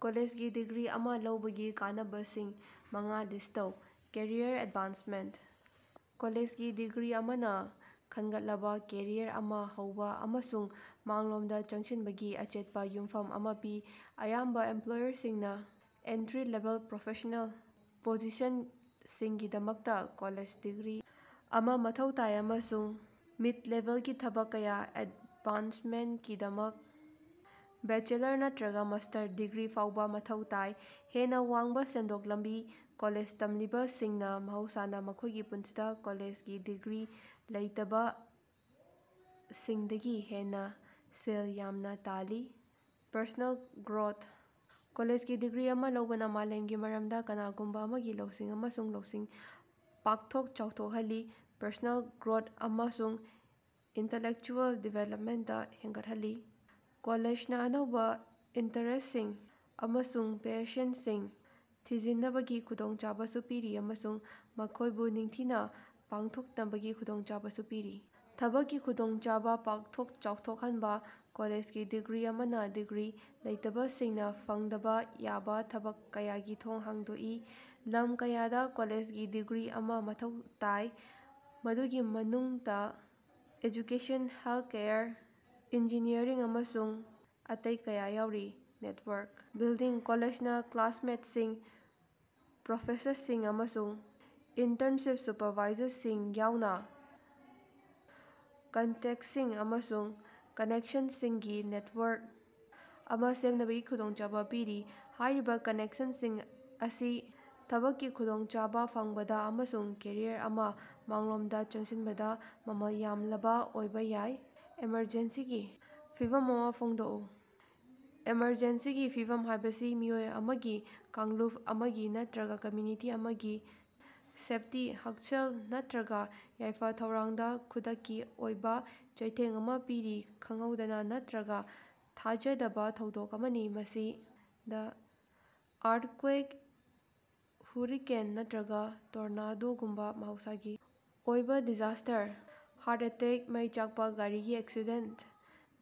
ꯀꯣꯂꯦꯖꯒꯤ degree ꯑꯃ ꯂꯧꯕꯒꯤ ꯀꯥꯟꯅꯕꯁꯤꯡ ꯃꯉꯥ ꯂꯤꯁ꯭ꯠ ꯇꯧ꯫ ꯀꯦꯔꯤꯌꯔ ꯑꯦꯗꯚꯥꯟꯁꯃꯦꯟꯇ - ꯀꯣꯂꯦꯖꯒꯤ ꯗꯤꯒ꯭ꯔꯤ ꯑꯃꯅ ꯈꯟꯒꯠꯂꯕꯥ ꯀꯦꯔꯤꯌꯔ ꯑꯃ ꯍꯧꯕ ꯑꯃꯁꯨꯡ ꯃꯥꯡꯂꯣꯝꯗ ꯆꯪꯁꯤꯟꯕꯒꯤ ꯑꯆꯦꯠꯄ ꯌꯨꯝꯐꯝ ꯑꯃ ꯄꯤ꯫ ꯑꯌꯥꯝꯕ ꯏꯝꯄ꯭ꯂꯣꯌꯔꯁꯤꯡꯅ ꯑꯦꯟꯇꯔꯤ ꯂꯦꯚꯦꯜ ꯄ꯭ꯔꯣꯐꯦꯁꯅꯦꯜ ꯄꯣꯖꯤꯁꯟꯁꯤꯡꯒꯤꯗꯃꯛꯇ ꯀꯣꯂꯦꯖ ꯗꯤꯒ꯭ꯔꯤ ꯑꯃ ꯃꯊꯧ ꯇꯥꯏ, ꯑꯃꯁꯨꯡ ꯃꯤꯗ-ꯂꯦꯚꯦꯜꯒꯤ ꯊꯕꯛ ꯀꯌꯥꯗ ꯑꯦꯗꯚꯥꯟꯁꯃꯦꯟꯇꯀꯤꯗꯃꯛꯇ ꯕꯦꯆꯦꯂꯔ ꯅꯠꯇꯔꯒ ꯃꯥꯁ꯭ꯇꯔ ꯗꯤꯒ꯭ꯔꯤ ꯐꯥꯎꯕ ꯃꯊꯧ ꯇꯥꯏ꯫ ꯍꯦꯟꯅ ꯋꯥꯡꯕ ꯁꯦꯟꯊꯣꯛ ꯂꯝꯕꯤ- ꯀꯣꯂꯦꯖ ꯇꯝꯂꯤꯕꯁꯤꯡꯅ ꯃꯍꯧꯁꯥꯅ ꯃꯈꯣꯏꯒꯤ ꯄꯨꯟꯁꯤꯗ ꯀꯣꯂꯦꯖꯒꯤ ꯗꯤꯒ꯭ꯔꯤ ꯂꯩꯇꯕꯁꯤꯡꯗꯒꯤ ꯍꯦꯟꯅ ꯁꯦꯜ ꯌꯥꯝꯅ ꯇꯥꯜꯂꯤ꯫ ꯄꯔꯁꯣꯅꯦꯜ ꯒ꯭ꯔꯣꯊ- ꯀꯣꯂꯦꯖꯒꯤ ꯗꯤꯒ꯭ꯔꯤ ꯑꯃ ꯂꯧꯕꯅ ꯃꯥꯂꯦꯝꯒꯤ ꯃꯔꯝꯗ ꯀꯅꯥꯒꯨꯝꯕ ꯑꯃꯒꯤ ꯂꯧꯁꯤꯡ ꯑꯃꯁꯨꯡ ꯂꯧꯁꯤꯡ ꯄꯥꯛꯊꯣꯛ ꯆꯥꯎꯊꯣꯛꯍꯜꯂꯤ, ꯄꯔꯁꯣꯅꯦꯜ ꯒ꯭ꯔꯣꯊ ꯑꯃꯁꯨꯡ ꯏꯟꯇꯦꯂꯦꯛꯆꯨꯑꯦꯜ ꯗꯤꯚꯦꯂꯞꯃꯦꯟꯇ ꯍꯦꯟꯒꯠꯍꯜꯂꯤ꯫ ꯀꯣꯂꯦꯖꯅ ꯑꯅꯧꯕ ꯏꯟꯇꯔꯦꯁ꯭ꯇꯁꯤꯡ ꯑꯃꯁꯨꯡ ꯄ꯭ꯌꯥꯁꯟꯁꯤꯡ ꯊꯤꯖꯤꯟꯅꯕꯒꯤ ꯈꯨꯗꯣꯡꯆꯥꯕꯁꯨ ꯄꯤꯔꯤ, ꯑꯃꯁꯨꯡ ꯃꯈꯣꯏꯕꯨ ꯅꯤꯡꯊꯤꯅ ꯄꯥꯡꯊꯣꯛꯅꯕꯒꯤ ꯈꯨꯗꯣꯡꯆꯥꯕꯁꯨ ꯄꯤꯔꯤ꯫ ꯊꯕꯛꯀꯤ ꯈꯨꯗꯣꯡꯆꯥꯕ ꯄꯥꯛꯊꯣꯛ ꯆꯥꯎꯊꯣꯛꯍꯟꯕ - ꯀꯣꯂꯦꯖꯒꯤ ꯗꯤꯒ꯭ꯔꯤ ꯑꯃꯅ ꯗꯤꯒ꯭ꯔꯤ ꯂꯩꯇꯕꯁꯤꯡꯅ ꯐꯪꯗꯕꯥ ꯌꯥꯕ ꯊꯕꯛ ꯀꯌꯥꯒꯤ ꯊꯣꯡ ꯍꯥꯡꯗꯣꯛꯏ꯫ ꯂꯝ ꯀꯌꯥꯗ ꯀꯣꯂꯦꯖꯒꯤ ꯗꯤꯒ꯭ꯔꯤ ꯑꯃ ꯃꯊꯧ ꯇꯥꯏ, ꯃꯗꯨꯒꯤ ꯃꯅꯨꯡꯗ ꯑꯦꯖꯨꯀꯦꯁꯟ, ꯍꯦꯜꯊꯀꯦꯌꯔ, ꯏꯟꯖꯤꯅꯤꯌꯔꯤꯡ ꯑꯃꯁꯨꯡ ꯑꯇꯩ ꯀꯌꯥ ꯌꯥꯎꯔꯤ꯫ ꯅꯦꯠꯋꯥꯔꯛ ꯕꯤꯜꯗꯤꯡ - ꯀꯣꯂꯦꯖꯅꯥ ꯀ꯭ꯂꯥꯁꯃꯦꯠꯁꯤꯡ, ꯄ꯭ꯔꯣꯐꯦꯁꯔꯁꯤꯡ, ꯑꯃꯁꯨꯡ ꯏꯟꯇ꯭ꯔꯟꯁꯤꯞ ꯁꯨꯄꯔꯚꯥꯏꯖꯔꯁꯤꯡ ꯌꯥꯎꯅ ꯀꯟꯇꯦꯛꯇꯁꯤꯡ ꯑꯃꯁꯨꯡ ꯀꯥꯅꯦꯛꯁꯟꯁꯤꯡꯒꯤ ꯅꯦꯠꯋꯥꯔꯛ ꯑꯃ ꯁꯦꯝꯅꯕꯒꯤ ꯈꯨꯗꯣꯡꯆꯥꯕ ꯄꯤꯔꯤ꯫ ꯍꯥꯏꯔꯤꯕ ꯀꯥꯅꯦꯛꯁꯟꯁꯤꯡ ꯑꯁꯤ ꯊꯕꯛꯀꯤ ꯈꯨꯗꯣꯡꯆꯥꯕ‌ ꯐꯪꯕꯗꯥ ꯑꯃꯁꯨꯡ ꯀꯦꯔꯤꯌꯔ ꯑꯃꯗ ꯃꯥꯡꯂꯣꯝꯗ ꯆꯪꯁꯤꯟꯕꯗꯥ ꯃꯃꯜ ꯌꯥꯝꯂꯕꯥ ꯑꯣꯏꯕ ꯌꯥꯏ꯫ ꯑꯦꯃꯔꯖꯦꯟꯁꯤꯒꯤ ꯐꯤꯚꯝ ꯑꯃ ꯐꯣꯡꯗꯣꯛꯎ꯫ ꯑꯦꯃꯔꯖꯦꯟꯁꯤꯒꯤ ꯐꯤꯚꯝ ꯍꯥꯏꯕꯁꯤ ꯃꯤꯑꯣꯏ ꯑꯃꯒꯤ, ꯀꯥꯡꯂꯨꯞ ꯑꯃꯒꯤ ꯅꯠꯇꯔꯒ ꯀꯝꯃ꯭ꯌꯨꯅꯤꯇꯤ ꯑꯃꯒꯤ ꯁꯦꯐꯇꯤ, ꯍꯛꯁꯦꯜ ꯅꯠꯇꯔꯒ ꯌꯥꯏꯐ-ꯊꯧꯔꯥꯡꯗ ꯈꯨꯗꯛꯀꯤ ꯑꯣꯏꯕ ꯆꯩꯊꯦꯡ ꯑꯃ ꯄꯤꯔꯤ ꯈꯪꯍꯧꯗꯅꯥ ꯅꯠꯇꯔꯒ ꯊꯥꯖꯗꯕꯥ ꯊꯧꯗꯣꯛ ꯑꯃꯅꯤ꯫ ꯃꯁꯤꯗ ꯑꯥ꯭ꯔꯊꯀ꯭ꯋꯦꯛ, ꯍꯨꯔꯤꯀꯦꯟ ꯅꯠꯇꯔꯒ ꯇꯣꯔꯅꯥꯗꯣꯒꯨꯝꯕ ꯃꯍꯧꯁꯥꯒꯤ ꯑꯣꯏꯕ ꯗꯤꯖꯥꯁꯇꯔ, ꯍꯥ꯭ꯔꯠ ꯑꯦꯇꯦꯛ, ꯃꯩ ꯆꯥꯛꯄ, ꯒꯥꯔꯤꯒꯤ ꯑꯦꯛꯁꯤꯗꯦꯟꯇ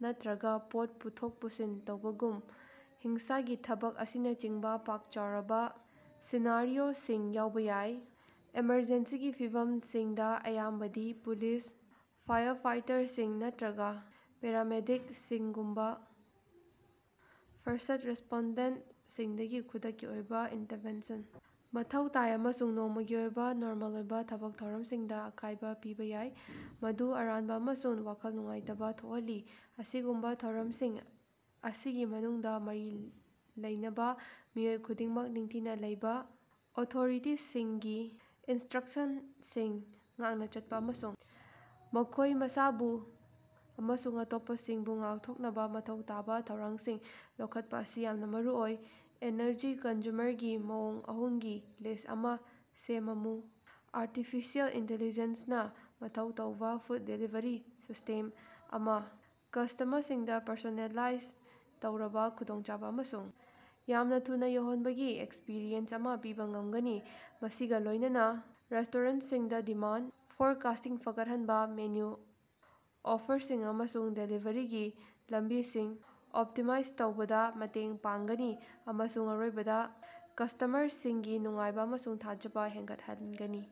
ꯅꯠꯇꯔꯒꯥ ꯄꯣꯠ ꯄꯨꯊꯣꯛ ꯄꯨꯁꯤꯟ ꯇꯧꯕꯒꯨꯝꯕ ꯍꯤꯡꯁꯥꯒꯤ ꯊꯕꯛ ꯑꯁꯤꯅꯆꯤꯡꯕ ꯄꯥꯛ-ꯆꯥꯎꯔꯕꯥ ꯁꯤꯅꯥꯔꯤꯑꯣꯁꯤꯡ ꯌꯥꯎꯕ ꯌꯥꯏ꯫ ꯑꯦꯃꯔꯖꯦꯟꯁꯤꯒꯤ ꯐꯤꯚꯝꯁꯤꯡꯗ ꯑꯌꯥꯝꯕꯗꯤ ꯄꯨꯂꯤꯁ, ꯐꯥꯏꯌꯔ ꯐꯥꯏꯇꯔꯁꯤꯡ ꯅꯠꯇꯔꯒꯥ ꯄꯦꯔꯥꯃꯦꯗꯤꯛꯁꯤꯡꯒꯨꯝꯕ ꯐꯥꯔꯁ꯭ꯠ ꯔꯦꯁꯄꯣꯟꯗꯦꯟꯇꯁꯤꯡꯗꯒꯤ ꯈꯨꯗꯛꯀꯤ ꯑꯣꯏꯕ ꯏꯟꯇꯔꯚꯦꯟꯁꯟ ꯃꯊꯧ ꯇꯥꯏ ꯑꯃꯁꯨꯡ ꯅꯣꯡꯃꯒꯤ ꯑꯣꯏꯕ ꯅꯣꯔꯃꯦꯜ ꯑꯣꯏꯕ ꯊꯕꯛ ꯊꯧꯔꯝꯁꯤꯡꯗ ꯑꯀꯥꯏꯕ ꯄꯤꯕ ꯌꯥꯏ, ꯃꯗꯨ ꯑꯔꯥꯟꯕ ꯑꯃꯁꯨꯡ ꯋꯥꯈꯜ ꯅꯨꯡꯉꯥꯏꯇꯕꯥ ꯊꯣꯛꯍꯜꯂꯤ꯫ ꯑꯁꯤꯒꯨꯝꯕ ꯊꯧꯔꯝꯁꯤꯡ ꯑꯁꯤꯒꯤ ꯃꯅꯨꯡꯗ, ꯃꯔꯤ ꯂꯩꯅꯕꯥ ꯃꯤꯑꯣꯏ ꯈꯨꯗꯤꯡꯃꯛ ꯅꯤꯡꯊꯤꯅ ꯂꯩꯕ, ꯑꯣꯊꯣꯔꯤꯇꯤꯁꯤꯡꯗꯒꯤ ꯏꯟꯁꯇ꯭ꯔꯛꯁꯟꯁꯤꯡ ꯉꯥꯛꯅ ꯆꯠꯄꯥ, ꯑꯃꯁꯨꯡ ꯃꯈꯣꯏ ꯃꯁꯥꯕꯨ ꯑꯃꯁꯨꯡ ꯑꯇꯣꯞꯄꯁꯤꯡꯕꯨ ꯉꯥꯛꯊꯣꯛꯅꯕꯥ ꯃꯊꯧ ꯇꯥꯕ ꯊꯧꯔꯥꯡꯁꯤꯡ ꯂꯧꯈꯠꯄ ꯑꯁꯤ ꯌꯥꯝꯅ ꯃꯔꯨꯑꯣꯏ꯫ ꯑꯦꯅꯔꯖꯤ ꯀꯟꯖ꯭ꯌꯨꯃꯔꯒꯤ ꯃꯑꯣꯡ ꯑꯍꯨꯝꯒꯤ ꯂꯤꯁ꯭ꯠ ꯑꯃ ꯁꯦꯃꯃꯨ꯫ ꯑꯥꯔꯇꯤꯐꯤꯁꯤꯑꯦꯜ ꯏꯟꯇꯤꯂꯤꯖꯦꯟꯁ ꯅꯥ ꯃꯊꯧ ꯇꯧꯕ ꯐꯨꯗ ꯗꯦꯂꯤꯕꯔꯤ ꯁꯤꯁꯇꯦꯝ ꯑꯃꯅ ꯀꯁ꯭ꯇꯃꯔꯁꯤꯡꯗ ꯄꯔꯁꯣꯅꯦꯂꯥꯏꯖ ꯇꯧꯔꯕ, ꯈꯨꯗꯣꯡꯆꯥꯕ‌ ꯑꯃꯁꯨꯡ ꯌꯥꯝꯅ ꯊꯨꯅ ꯌꯧꯍꯟꯕꯒꯤ ꯑꯦꯛꯁꯄꯔꯤꯌꯦꯟꯁ ꯑꯃ ꯄꯤꯕ ꯉꯝꯒꯅꯤ, ꯃꯁꯤꯒ ꯂꯣꯏꯅꯅꯥ ꯔꯦꯁꯇꯣꯔꯦꯟꯇꯁꯤꯡꯗ ꯗꯤꯃꯥꯟꯗ ꯐꯣꯔꯀꯥꯁꯇꯤꯡ ꯐꯒꯠꯍꯟꯕꯗꯥ, ꯃꯦꯅꯨ ꯑꯣꯐꯔꯁꯤꯡ ꯑꯃꯁꯨꯡ ꯗꯦꯂꯤꯕꯔꯤꯒꯤ ꯂꯝꯕꯤꯁꯤꯡ ꯑꯣꯞꯇꯤꯃꯥꯏꯖ ꯇꯧꯕꯗ ꯃꯇꯦꯡ ꯄꯥꯡꯒꯅꯤ, ꯑꯃꯁꯨꯡ ꯑꯔꯣꯏꯕꯗꯥ ꯀꯁ꯭ꯇꯃꯔꯁꯤꯡꯒꯤ ꯅꯨꯡꯉꯥꯏꯕ ꯑꯃꯁꯨꯡ ꯊꯥꯖꯕ ꯍꯦꯟꯒꯠꯍꯟꯒꯅꯤ꯫